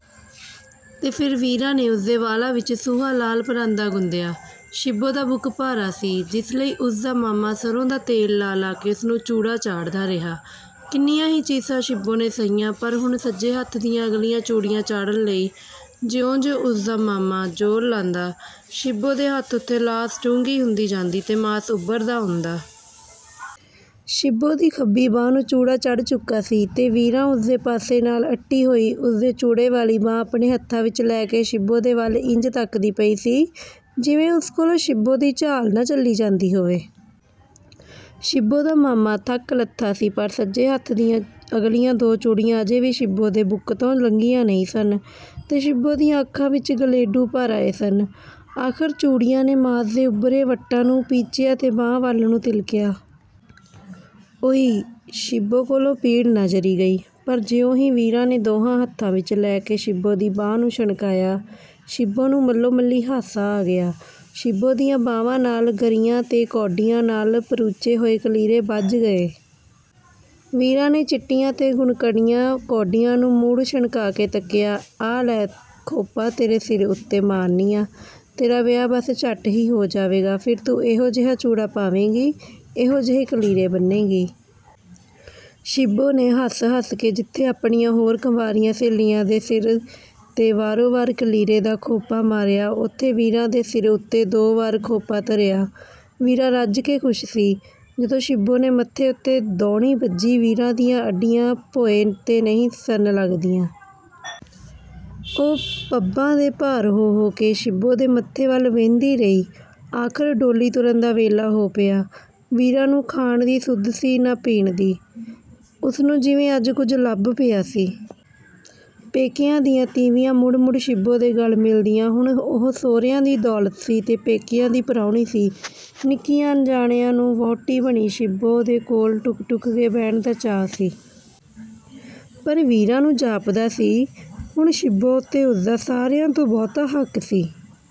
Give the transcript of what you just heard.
ਤੇ ਫਿਰ ਵੀਰਾਂ ਨੇ ਉਸ ਦੇ ਵਾਲਾਂ ਵਿੱਚ ਸੂਹਾ ਲਾਲ ਪਰਾਂਦਾ ਗੁੰਦਿਆ। ਸ਼ਿੱਬੋ ਦਾ ਬੁੱਕ ਭਾਰਾ ਸੀ, ਜਿਸ ਲਈ ਉਸ ਦਾ ਮਾਮਾ ਸਰ੍ਹੋਂ ਦਾ ਤੇਲ ਲਾ-ਲਾ ਕੇ ਉਸ ਨੂੰ ਚੂੜਾ ਚਾੜ੍ਹਦਾ ਰਿਹਾ। ਕਿੰਨੀਆਂ ਹੀ ਚੀਸਾਂ ਸ਼ਿੱਬੋ ਨੇ ਸਹੀਆਂ, ਪਰ ਹੁਣ ਸੱਜੇ ਹੱਥ ਦੀਆਂ ਅਗਲੀਆਂ ਚੂੜੀਆਂ ਚਾੜ੍ਹਨ ਲਈ ਜਿਉਂ-ਜਿਉਂ ਉਸ ਦਾ ਮਾਮਾ ਜ਼ੋਰ ਲਾਂਦਾ, ਸ਼ਿੱਬੋ ਦੇ ਹੱਥ ਉੱਤੇ ਲਾਸ ਡੂੰਘੀ ਹੁੰਦੀ ਜਾਂਦੀ ਤੇ ਮਾਸ ਉੱਭਰਦਾ ਆਉਂਦਾ। ਸ਼ਿੱਬੋ ਦੀ ਖੱਬੀ ਬਾਂਹ ਨੂੰ ਚੂੜਾ ਚੜ੍ਹ ਚੁੱਕਾ ਸੀ ਤੇ ਵੀਰਾਂ ਉਸ ਦੇ ਪਾਸੇ ਨਾਲ ਅੱਟੀ ਹੋਈ, ਉਸ ਦੀ ਚੂੜੇ ਵਾਲੀ ਬਾਂਹ ਆਪਣੇ ਹੱਥਾਂ ਵਿੱਚ ਲੈ ਕੇ ਸ਼ਿੱਬੋ ਦੇ ਵੱਲ ਇੰਝ ਤੱਕਦੀ ਪਈ ਸੀ, ਜਿਵੇਂ ਉਸ ਕੋਲੋਂ ਸ਼ਿੱਬੋ ਦੀ ਝਾਲ ਨਾ ਝੱਲੀ ਜਾਂਦੀ ਹੋਵੇ। ਸ਼ਿੱਬੋ ਦਾ ਮਾਮਾ ਥੱਕ-ਲੱਥਾ ਸੀ, ਪਰ ਸੱਜੇ ਹੱਥ ਦੀਆਂ ਅਗਲੀਆਂ ਦੋ ਚੂੜੀਆਂ ਅਜੇ ਵੀ ਸ਼ਿੱਬੋ ਦੇ ਬੁੱਕ ਤੋਂ ਲੰਘੀਆਂ ਨਹੀਂ ਸਨ ਤੇ ਸ਼ਿੱਬੋ ਦੀਆਂ ਅੱਖਾਂ ਵਿੱਚ ਗਲੇਡੂ ਭਰ ਆਏ ਸਨ। ਆਖ਼ਰ ਚੂੜੀਆਂ ਨੇ ਮਾਸ ਦੇ ਉੱਭਰੇ ਵੱਟਾਂ ਨੂੰ ਪੀਚਿਆ ਤੇ ਬਾਂਹ ਵੱਲ ਨੂੰ ਤਿਲਕੀਆਂ। ਉਈ ਸ਼ਿੱਬੋ ਕੋਲੋਂ ਪੀੜ ਨਾ ਜਰੀ ਗਈ, ਪਰ ਜਿਉਂ ਹੀ ਵੀਰਾਂ ਨੇ ਦੋਹਾਂ ਹੱਥਾਂ ਵਿੱਚ ਲੈ ਕੇ ਸ਼ਿੱਬੋ ਦੀ ਬਾਂਹ ਨੂੰ ਛਣਕਾਇਆ, ਸ਼ਿੱਬੋ ਨੂੰ ਮੱਲੋ-ਮੱਲੀ ਹਾਸਾ ਆ ਗਿਆ। ਸ਼ਿੱਬੋ ਦੀਆਂ ਬਾਂਹਵਾਂ ਨਾਲ ਗਰੀਆਂ ਤੇ ਕੌਡੀਆਂ ਨਾਲ ਪਰੁਚੇ ਹੋਏ ਕਲੀਰੇ ਬੱਝ ਗਏ। ਵੀਰਾਂ ਨੇ ਚਿੱਟੀਆਂ ਤੇ ਗੁੱਟਕਣੀਆਂ ਕੌਡੀਆਂ ਨੂੰ ਮੁੜ ਛਣਕਾ ਕੇ ਤੱਕਿਆ। ਆਹ ਲੈ ਖੋਪਾ ਤੇਰੇ ਸਿਰ ਉੱਤੇ ਮਾਰਨੀ ਆਂ। ਤੇਰਾ ਵਿਆਹ ਬੱਸ ਝੱਟ ਹੀ ਹੋ ਜਾਵੇਗਾ। ਫਿਰ ਤੂੰ ਇਹੋ-ਜਿਹਾ ਚੂੜਾ ਪਾਵੇਂਗੀ, ਇਹੋ ਜਿਹੇ ਕਲੀਰੇ ਬੰਨ੍ਹੇਂਗੀ। ਸ਼ਿੱਬੋ ਨੇ ਹੱਸ-ਹੱਸ ਕੇ ਜਿੱਥੇ ਆਪਣੀਆਂ ਹੋਰ ਕੰਵਾਰੀਆਂ ਸਹੇਲੀਆਂ ਦੇ ਸਿਰ 'ਤੇ ਵਾਰੋ-ਵਾਰ ਕਲੀਰੇ ਦਾ ਖੋਪਾ ਮਾਰਿਆ, ਉੱਥੇ ਵੀਰਾਂ ਦੇ ਸਿਰ ਉੱਤੇ ਦੋ ਵਾਰ ਖੋਪਾ ਧਰਿਆ। ਵੀਰਾਂ ਰੱਜ ਕੇ ਖੁਸ਼ ਸੀ। ਜਦੋਂ ਸ਼ਿੱਬੋ ਨੇ ਮੱਥੇ ਉੱਤੇ ਦੌਣੀ ਬੱਝੀ, ਵੀਰਾਂ ਦੀਆਂ ਅੱਡੀਆਂ ਭੋਏਂ 'ਤੇ ਨਹੀਂ ਸਨ ਲੱਗਦੀਆਂ। ਉਹ ਪੱਬਾਂ ਦੇ ਭਾਰ ਹੋ-ਹੋ ਕੇ ਸ਼ਿੱਬੋ ਦੇ ਮੱਥੇ ਵੱਲ ਵੇਂਹਦੀ ਰਹੀ। ਆਖ਼ਰ ਡੋਲੀ ਤੁਰਨ ਦਾ ਵੇਲਾ ਹੋ ਪਿਆ। ਵੀਰਾਂ ਨੂੰ ਖਾਣ ਦੀ ਸੁੱਧ ਸੀ ਨਾ ਪੀਣ ਦੀ। ਉਸ ਨੂੰ ਜਿਵੇਂ ਅੱਜ ਕੁਝ ਲੱਭ ਪਿਆ ਸੀ। ਪੇਕਿਆਂ ਦੀਆਂ ਤੀਵੀਆਂ ਮੁੜ-ਮੁੜ ਸ਼ਿੱਬੋ ਦੇ ਗਲ ਮਿਲਦੀਆਂ। ਹੁਣ ਉਹ ਸਹੁਰਿਆਂ ਦੀ ਦੌਲਤ ਸੀ ਤੇ ਪੇਕਿਆਂ ਦੀ ਪ੍ਰਾਹੁਣੀ ਸੀ। ਨਿੱਕਿਆਂ ਅੰਜਾਣਿਆਂ ਨੂੰ ਵਹੁਟੀ ਬਣੀ ਸ਼ਿੱਬੋ ਦੇ ਕੋਲ ਢੁਕ-ਢੁਕ ਕੇ ਬਹਿਣ ਦਾ ਚਾਅ ਸੀ। ਪਰ ਵੀਰਾਂ ਨੂੰ ਜਾਪਦਾ ਸੀ, ਹੁਣ ਸ਼ਿੱਬੋ ਉੱਤੇ ਉਸ ਦਾ ਸਾਰਿਆਂ ਤੋਂ ਬਹੁਤਾ ਹੱਕ ਸੀ।